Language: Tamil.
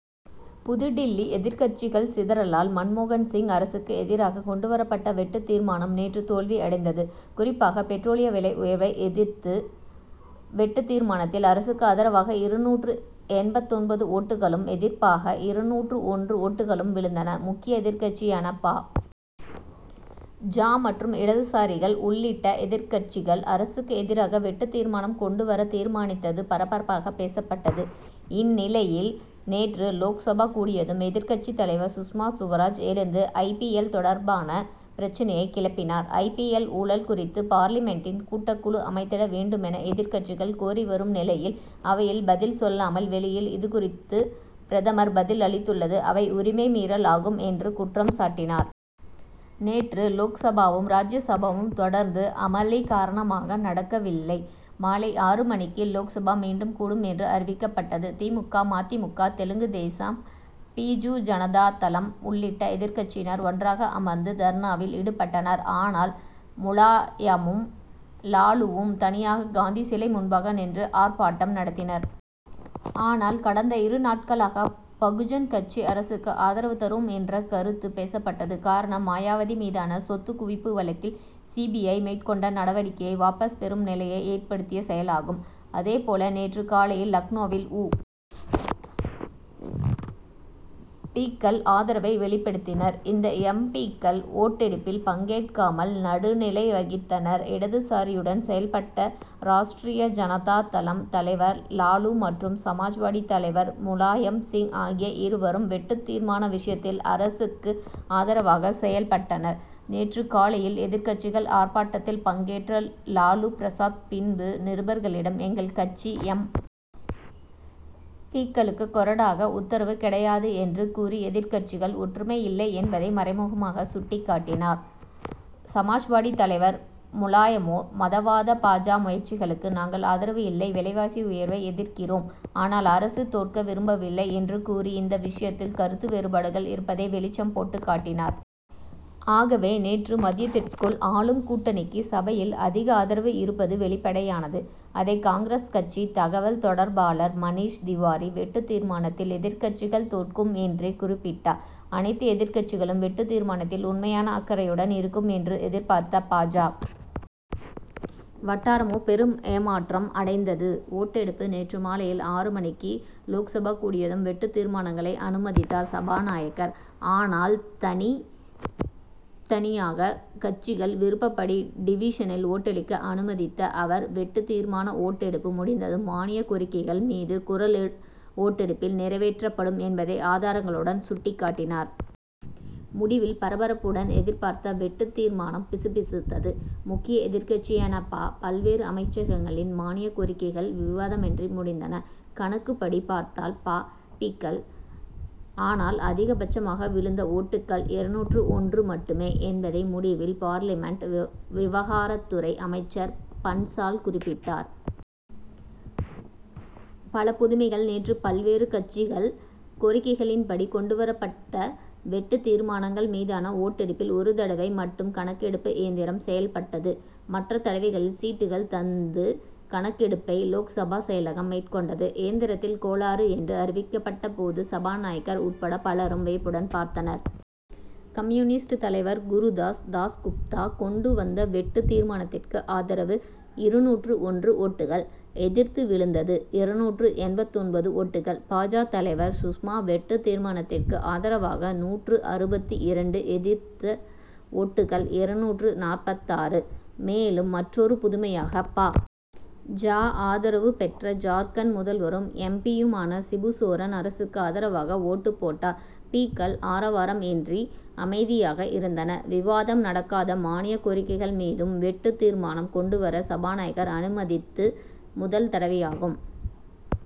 புதுடில்லி எதிர்க்கட்சிகள் சிதறலால் மன்மோகன் சிங் அரசுக்கு எதிராக கொண்டுவரப்பட்ட வெட்டுத் தீர்மானம் நேற்று தோல்வி அடைந்தது. குறிப்பாக பெட்ரோலிய விலை உயர்வை எதிர்த்த வெட்டுத் தீர்மானத்தில் அரசுக்கு ஆதரவாக இருநூற்று எண்பத்தொன்பது ஓட்டுகளும் எதிர்ப்பாக இருநூற்று ஒன்று ஓட்டுகளும் விழுந்தன. முக்கிய எதிர்க்கட்சியான பா. ஜ. மற்றும் இடதுசாரிகள் உள்ளிட்ட எதிர்க்கட்சிகள் அரசுக்கு எதிராக வெட்டுத் தீர்மானம் கொண்டுவர தீர்மானித்தது பரபரப்பாக பேசப்பட்டது. இந்நிலையில் நேற்று லோக்சபா கூடியதும் எதிர்க்கட்சித் தலைவர் சுஷ்மா சுவராஜ் எழுந்து ஐ. பி. எல். தொடர்பான பிரச்னையை கிளப்பினார். ஐ. பி. எல். ஊழல் குறித்து பார்லிமென்டின் கூட்டக்குழு அமைத்திட வேண்டுமென எதிர்க்கட்சிகள் கோரி வரும் நிலையில் அவையில் பதில் சொல்லாமல் வெளியில் இதுகுறித்து பிரதமர் பதில் அளித்துள்ளது அவை உரிமை மீறல் ஆகும் என்று குற்றம் சாட்டினார். நேற்று லோக்சபாவும் ராஜ்யசபாவும் தொடர்ந்து அமளி காரணமாக நடக்கவில்லை. மாலை ஆறு மணிக்கு லோக்சபா மீண்டும் கூடும் என்று அறிவிக்கப்பட்டது. தி. மு. க. ம. தி. மு. க. தெலுங்குதேசம் பிஜு ஜனதாதளம் உள்ளிட்ட எதிர்க்கட்சியினர் ஒன்றாக அமர்ந்து தர்ணாவில் ஈடுபட்டனர். ஆனால் முலாயமும் லாலுவும் தனியாக காந்தி சிலை முன்பாக நின்று ஆர்ப்பாட்டம் நடத்தினர். ஆனால் கடந்த இருநாட்களாக பகுஜன் கட்சி அரசுக்கு ஆதரவு தரும் என்ற கருத்து பேசப்பட்டது காரணம் மாயாவதி மீதான சொத்துக் குவிப்பு வழக்கில் சி. பி. ஐ. மேற்கொண்ட நடவடிக்கையை வாபஸ் பெறும் நிலையை ஏற்படுத்திய செயலாகும். அதே போல நேற்று காலையில் லக்னோவில் உ. பி.க்கள் ஆதரவை வெளிப்படுத்தினார். இந்த எம். பி.க்கள் ஓட்டெடுப்பில் பங்கேற்காமல் நடுநிலை வகித்தனர். இடதுசாரியுடன் செயல்பட்ட ராஷ்டிரிய ஜனதாதளம் தலைவர் லாலு மற்றும் சமாஜ்வாடி தலைவர் முலாயம் சிங் ஆகிய இருவரும் வெட்டுத் தீர்மான விஷயத்தில் அரசுக்கு ஆதரவாக செயல்பட்டனர். நேற்று காலையில் எதிர்க்கட்சிகள் ஆர்ப்பாட்டத்தில் பங்கேற்ற லாலு பிரசாத் பின்பு நிருபர்களிடம் எங்கள் கட்சி எம். பி.க்களுக்கு கொறடா உத்தரவு கிடையாது என்று கூறி எதிர்க்கட்சிகள் ஒற்றுமை இல்லை என்பதை மறைமுகமாக சுட்டிக்காட்டினார். சமாஜ்வாடி தலைவர் முலாயமோ மதவாத பா. ஜ. முயற்சிகளுக்கு நாங்கள் ஆதரவு இல்லை விலைவாசி உயர்வை எதிர்க்கிறோம் ஆனால் அரசு தோற்க விரும்பவில்லை என்று கூறி இந்த விஷயத்தில் கருத்து வேறுபாடுகள் இருப்பதை வெளிச்சம் போட்டுக் காட்டினார். ஆகவே நேற்று மதியத்திற்குள் ஆளும் கூட்டணிக்கு சபையில் அதிக ஆதரவு இருப்பது வெளிப்படையானது. அதை காங்கிரஸ் கட்சி தகவல்தொடர்பாளர் மணீஷ் திவாரி வெட்டுத் தீர்மானத்தில் எதிர்க்கட்சிகள் தோற்கும் என்றே குறிப்பிட்டார். அனைத்து எதிர்க்கட்சிகளும் வெட்டுத் தீர்மானத்தில் உண்மையான அக்கறையுடன் இருக்கும் என்று எதிர்பார்த்த பா. ஜ. வட்டாரமோ பெரும் ஏமாற்றம் அடைந்தது. ஓட்டெடுப்பு நேற்று மாலையில் ஆறு மணிக்கு லோக்சபா கூடியதும் வெட்டுத் தீர்மானங்களை அனுமதித்தார் சபாநாயகர். ஆனால் தனித் தனியாக கட்சிகள் விருப்பப்படி டிவிஷனில் ஓட்டளிக்க அனுமதித்த அவர் வெட்டுத் தீர்மான ஓட்டெடுப்பு முடிந்ததும் மானியக் கோரிக்கைகள் மீது குரல் ஓட்டெடுப்பில் நிறைவேற்றப்படும் என்பதை ஆதாரங்களுடன் சுட்டிக்காட்டினார். முடிவில் பரபரப்புடன் எதிர்பார்த்த வெட்டுத் தீர்மானம் பிசுபிசுத்தது. முக்கிய எதிர்க்கட்சியான பா. பல்வேறு அமைச்சகங்களின் மானியக் கோரிக்கைகள் விவாதமின்றி முடிந்தன. கணக்குப்படி பார்த்தால் பா. பி.க்கள். ஆனால் அதிக பட்சமாக விழுந்த ஒட்டுகள் இருநூற்று ஒன்று மட்டுமே என்பதை முடிவில் பார்லிமென்ட் விவ் விவகாரத்துறை அமைச்சர் பன்சால் குறிப்பிட்டார். பல புதுமைகள் நேற்று பல்வேறு கட்சிகள் கோரிக்கைகளின் படி கொண்டுவரப்பட்ட வெட்டுத் தீர்மானங்கள் மீதான ஓட்டெடுப்பில் ஒரு தடவை மட்டும் கணக்கெடுப்பு இயந்திரம் செயல்பட்டது. மற்ற தடவைகளில் சீட்டுகள் தந்து கணக்கெடுப்பை லோக்சபா செயலகம் மேற்கொண்டது. இயந்திரத்தில் கோளாறு என்று அறிவிக்கப்பட்ட போது சபாநாயகர் உட்பட பலரும் வியப்புடன் பார்த்தனர். கம்யூனிஸ்ட் தலைவர் குருதாஸ் தாஸ்குப்தா கொண்டு வந்த வெட்டுத் தீர்மானத்திற்கு ஆதரவு இருநூற்று ஒன்று ஓட்டுகள். எதிர்த்து விழுந்தது இருநூற்று எண்பத்தொன்பது ஓட்டுகள். பா. ஜ. தலைவர் சுஷ்மா வெட்டுத் தீர்மானத்திற்கு ஆதரவாக நூற்று அறுபத்து இரண்டு எதிர்த்த ஓட்டுகள் இருநூற்று நாற்பத்தாறு. மேலும் மற்றொரு புதுமையாக பா. ஜ. ஆதரவு பெற்ற ஜார்க்கண்ட் முதல்வரும் எம். பி.யுமான சிபுசோரன் அரசுக்கு ஆதரவாக ஓட்டு போட்டார். பி.க்கள் ஆரவாரம் இன்றி அமைதியாக இருந்தனர். விவாதம் நடக்காத மானிய கோரிக்கைகள் மீதும் வெட்டுத் தீர்மானம் கொண்டுவர சபாநாயகர் அனுமதித்து முதல் தடவையாகும்.